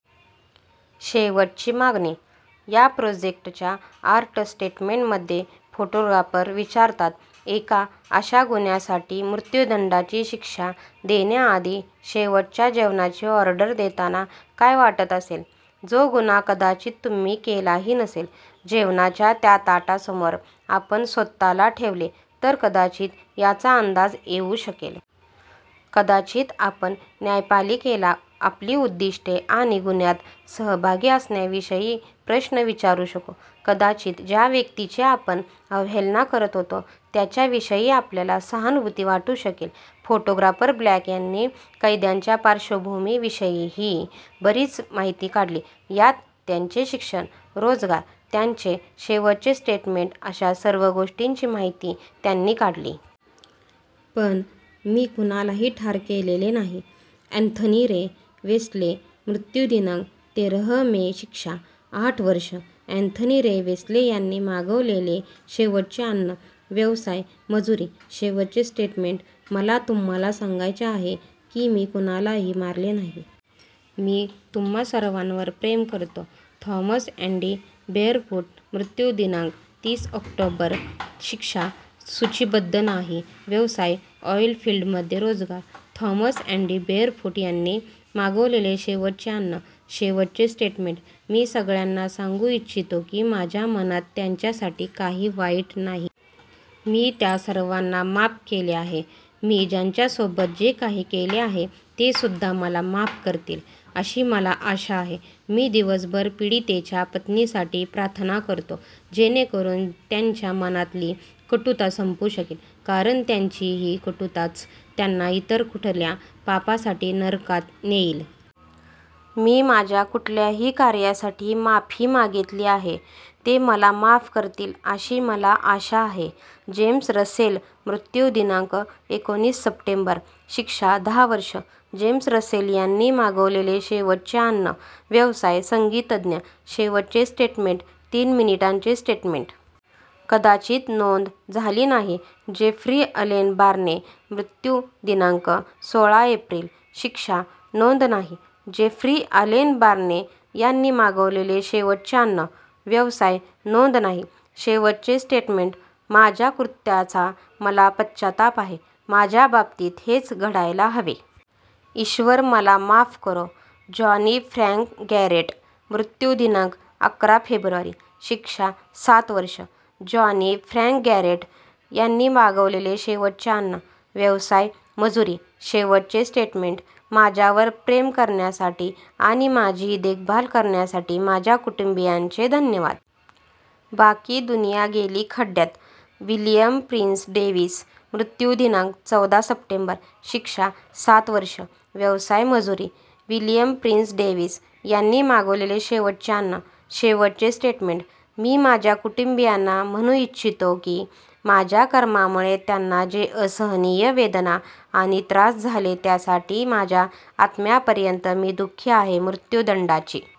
शेवटची मागणी - या प्रोजेक्टच्या आर्ट स्टेटमेंटमध्ये फोटोग्राफर विचारतात, "एका अशा गुन्ह्यासाठी मृत्यूदंडाची शिक्षा देण्याआधी शेवटच्या जेवणाची ऑर्डर देताना काय वाटत असेल, जो गुन्हा कदाचित तुम्ही केलाही नसेल?" "जेवणाच्या त्या ताटासमोर आपण स्वतःला ठेवले तर कदाचित याचा अंदाज येऊ शकेल." "कदाचित आपण न्यायपालिकेला आपली उद्दिष्टे आणि गुन्ह्यात सहभागी असण्याविषयी प्रश्न विचारू शकू." "कदाचित ज्या व्यक्तीची आपण अवहेलना करत होतो, त्याच्याविषयी आपल्याला सहानुभूती वाटू शकेल." फोटोग्राफर ब्लॅक यांनी कैद्यांच्या पार्श्वभूमीविषयीही बरीच माहिती काढली. यात त्यांचे शिक्षण, रोजगार, त्यांचे शेवटचे स्टेटमेंट अशा सर्व गोष्टींची माहिती त्यांनी काढली. पण, मी कुणालाही ठार केलेले नाही - अँथनी रे वेस्टले, मृत्यू दिनांक: तेरह मे, शिक्षा: आठ वर्षे, अँथनी रे वेस्टले यांनी मागवलेले शेवटचे अन्न, व्यवसाय: मजुरी, शेवटचे स्टेटमेंट: "मला तुम्हाला सांगायचे आहे की मी कुणालाही मारले नाही. मी तुम्हा सर्वांवर प्रेम करतो." थॉमस अँडी बेअरफूट, मृत्यू दिनांक: तीस ऑक्टोबर, शिक्षा: सूचीबद्ध नाही, व्यवसाय: ऑइलफिल्डमध्ये रोजगार, थॉमस अँडी बेअरफूट यांनी मागवलेले शेवटचे अन्न, शेवटचे स्टेटमेंट: "मी सगळ्यांना सांगू इच्छितो की माझ्या मनात त्यांच्यासाठी काही वाईट नाही. मी त्या सर्वांना माफ केले आहे. मी ज्यांच्यासोबत जे काही केले आहे तेसुद्धा मला माफ करतील, अशी मला आशा आहे." "मी दिवसभर पीडितेच्या पत्नीसाठी प्रार्थना करतो. जेणेकरून त्यांच्या मनातली कटुता संपू शकेल. कारण त्यांची ही कटुताच त्यांना इतर कुठल्या पापासाठी नरकात नेईल. मी माझ्या कुठल्याही कार्यासाठी माफी मागितली आहे. ते मला माफ करतील, अशी मला आशा आहे." जेम्स रसेल, मृत्यू दिनांक: एकोणीस सप्टेंबर, शिक्षा: दहा वर्षे, जेम्स रसेल यांनी मागवलेले शेवटचे अन्न, व्यवसाय: संगीतज्ञ, शेवटचे स्टेटमेंट: तीन मिनिटांचे स्टेटमेंट. कदाचित नोंद झाली नाही. जेफ्री अलेन बार्ने, मृत्यू दिनांक: सोळा एप्रिल, शिक्षा: नोंद नाही, जेफ्री अलेन बार्ने यांनी मागवलेले शेवटचे अन्न, व्यवसाय: नोंद नाही, शेवटचे स्टेटमेंट: "माझ्या कृत्याचा मला पश्चाताप आहे. माझ्या बाबतीत हेच घडायला हवे. ईश्वर मला माफ करो." जॉनी फ्रँक गॅरेट, मृत्यू दिनांक: अकरा फेब्रुवारी, शिक्षा: सात वर्षे, जॉनी फ्रँक गॅरेट यांनी मागवलेले शेवटचे अन्न, व्यवसाय: मजुरी, शेवटचे स्टेटमेंट: "माझ्यावर प्रेम करण्यासाठी आणि माझी देखभाल करण्यासाठी माझ्या कुटुंबीयांचे धन्यवाद. बाकी दुनिया गेली खड्ड्यात." विलियम प्रिन्स डेव्हिस, मृत्यू दिनांक: चौदा सप्टेंबर, शिक्षा: सात वर्षे, व्यवसाय: मजुरी, विलियम प्रिन्स डेव्हिस यांनी मागवलेले शेवटचे अन्न, शेवटचे स्टेटमेंट: "मी माझ्या कुटुंबीयांना म्हणू इच्छितो की माझ्या कर्मामुळे त्यांना जे असहनीय वेदना आणि त्रास झाले त्यासाठी माझ्या आत्म्यापर्यंत मी दुःखी आहे. मृत्यूदंडाची